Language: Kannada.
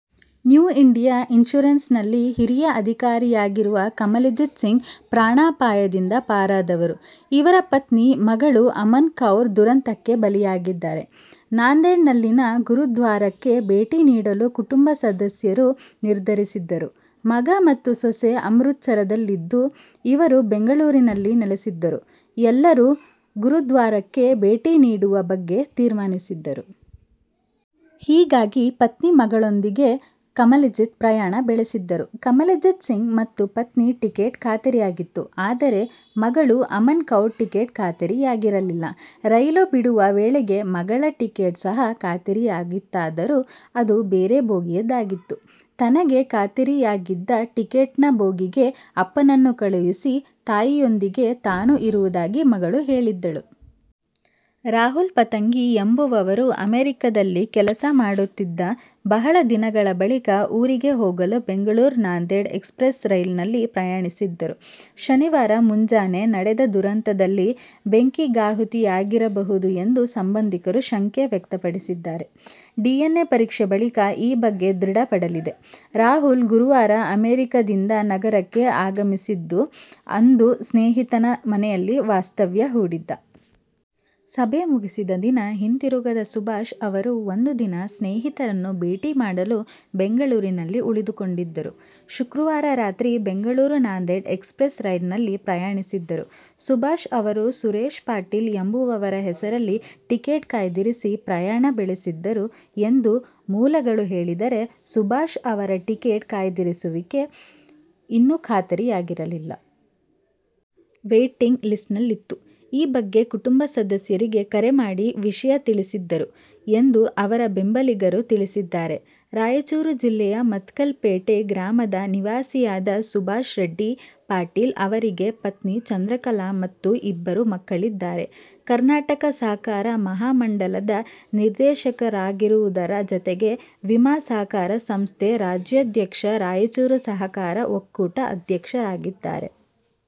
ನ್ಯೂ ಇಂಡಿಯಾ ಇನ್ಸೂರೆನ್ಸ್ನಲ್ಲಿ ಹಿರಿಯ ಅಧಿಕಾರಿಯಾಗಿರುವ ಕಮಲ್ಜಿತ್ ಸಿಂಗ್ ಪ್ರಾಣಾಪಾಯದಿಂದ ಪಾರಾದವರು. ಇವರ ಪತ್ನಿ, ಮಗಳು ಅಮನ್ ಕೌರ್ ದುರಂತಕ್ಕೆ ಬಲಿಯಾಗಿದ್ದಾರೆ. ನಾಂದೇಡ್ನಲ್ಲಿನ ಗುರುದ್ವಾರಕ್ಕೆ ಭೇಟಿ ನೀಡಲು ಕುಟುಂಬ ಸದಸ್ಯರು ನಿರ್ಧರಿಸಿದ್ದರು. ಮಗ ಮತ್ತು ಸೊಸೆ ಅಮೃತಸರದಲ್ಲಿದ್ದು, ಇವರು ಬೆಂಗಳೂರಿನಲ್ಲಿ ನೆಲೆಸಿದ್ದರು. ಎಲ್ಲರೂ ಗುರುದ್ವಾರಕ್ಕೆ ಭೇಟಿ ನೀಡುವ ಬಗ್ಗೆ ತೀರ್ಮಾನಿಸಿದ್ದರು. ಹೀಗಾಗಿ ಪತ್ನಿ, ಮಗಳೊಂದಿಗೆ ಕಮಲ್ಜಿತ್ ಪ್ರಯಾಣ ಬೆಳೆಸಿದ್ದರು. ಕಮಲ್ಜಿತ್ ಸಿಂಗ್ ಮತ್ತು ಪತ್ನಿ ಟಿಕೆಟ್ ಖಾತರಿಯಾಗಿತ್ತು. ಆದರೆ, ಮಗಳು ಅಮನ್ ಕೌರ್ ಟಿಕೆಟ್ ಖಾತರಿಯಾಗಿರಲಿಲ್ಲ. ರೈಲು ಬಿಡುವ ವೇಳೆಗೆ ಮಗಳ ಟಿಕೆಟ್ ಸಹ ಖಾತರಿಯಾಗಿತ್ತಾದರೂ ಅದು ಬೇರೆ ಬೋಗಿಯದಾಗಿತ್ತು. ತನಗೆ ಖಾತರಿಯಾಗಿದ್ದ ಟಿಕೆಟ್ನ ಬೋಗಿಗೆ ಅಪ್ಪನನ್ನು ಕಳುಹಿಸಿ ತಾಯಿಯೊಂದಿಗೆ ತಾನು ಇರುವುದಾಗಿ ಮಗಳು ಹೇಳಿದ್ದಳು. ರಾಹುಲ್ ಪತಂಗಿ ಎಂಬುವವರು ಅಮೆರಿಕದಲ್ಲಿ ಕೆಲಸ ಮಾಡುತ್ತಿದ್ದು, ಬಹಳ ದಿನಗಳ ಬಳಿಕ ಊರಿಗೆ ಹೋಗಲು ಬೆಂಗಳೂರು-ನಾಂದೇಡ್ ಎಕ್ಸ್ಪ್ರೆಸ್ ರೈಲಿನಲ್ಲಿ ಪ್ರಯಾಣಿಸಿದ್ದರು. ಶನಿವಾರ ಮುಂಜಾನೆ ನಡೆದ ದುರಂತದಲ್ಲಿ ಬೆಂಕಿಗಾಹುತಿಯಾಗಿರಬಹುದು ಎಂದು ಸಂಬಂಧಿಕರು ಶಂಕೆ ವ್ಯಕ್ತಪಡಿಸಿದ್ದಾರೆ. ಡಿಎನ್ಎ ಪರೀಕ್ಷೆ ಬಳಿಕ ಈ ಬಗ್ಗೆ ದೃಢ ಪಡಲಿದೆ. ರಾಹುಲ್ ಗುರುವಾರ ಅಮೆರಿಕಾದಿಂದ ನಗರಕ್ಕೆ ಆಗಮಿಸಿದ್ದು, ಅಂದು ಸ್ನೇಹಿತನ ಮನೆಯಲ್ಲಿ ವಾಸ್ತವ್ಯ ಹೂಡಿದ್ದ. ಸಭೆ ಮುಗಿಸಿದ ದಿನ ಹಿಂತಿರುಗದ ಸುಭಾಷ್ ಅವರು ಒಂದು ದಿನ ಸ್ನೇಹಿತರನ್ನು ಭೇಟಿ ಮಾಡಲು ಬೆಂಗಳೂರಿನಲ್ಲಿ ಉಳಿದುಕೊಂಡಿದ್ದರು. ಶುಕ್ರವಾರ ರಾತ್ರಿ ಬೆಂಗಳೂರು-ನಾಂದೇಡ್ ಎಕ್ಸ್ಪ್ರೆಸ್ ರೈಲಿನಲ್ಲಿ ಪ್ರಯಾಣಿಸಿದ್ದರು. ಸುಭಾಷ್ ಅವರು ಸುರೇಶ್ ಪಾಟೀಲ್ ಎಂಬುವವರ ಹೆಸರಲ್ಲಿ ಟಿಕೆಟ್ ಕಾಯ್ದಿರಿಸಿ ಪ್ರಯಾಣ ಬೆಳೆಸಿದ್ದರು ಎಂದು ಮೂಲಗಳು ಹೇಳಿದರೆ, ಸುಭಾಷ್ ಅವರ ಟಿಕೆಟ್ ಕಾಯ್ದಿರಿಸುವಿಕೆ ಇನ್ನು ಖಾತರಿಯಾಗಿರಲಿಲ್ಲ. ವೇಟಿಂಗ್ ಲಿಸ್ಟ್ನಲ್ಲಿತ್ತು. ಈ ಬಗ್ಗೆ ಕುಟುಂಬ ಸದಸ್ಯರಿಗೆ ಕರೆ ಮಾಡಿ ವಿಷಯ ತಿಳಿಸಿದ್ದರು ಎಂದು ಅವರ ಬೆಂಬಲಿಗರು ತಿಳಿಸಿದ್ದಾರೆ. ರಾಯಚೂರು ಜಿಲ್ಲೆಯ ಮತ್ಕಲ್ ಪೇಟೆ ಗ್ರಾಮದ ನಿವಾಸಿಯಾದ ಸುಭಾಷ್ ರೆಡ್ಡಿ ಪಾಟೀಲ್ ಅವರಿಗೆ ಪತ್ನಿ ಚಂದ್ರಕಲಾ ಮತ್ತು ಇಬ್ಬರು ಮಕ್ಕಳಿದ್ದಾರೆ. ಕರ್ನಾಟಕ ಸಹಕಾರ ಮಹಾಮಂಡಲದ ನಿರ್ದೇಶಕರಾಗಿರುವುದರ ಜತೆಗೆ ವಿಮಾ ಸಹಕಾರ ಸಂಸ್ಥೆ ರಾಜ್ಯಾಧ್ಯಕ್ಷ, ರಾಯಚೂರು ಸಹಕಾರ ಒಕ್ಕೂಟ ಅಧ್ಯಕ್ಷರಾಗಿದ್ದಾರೆ.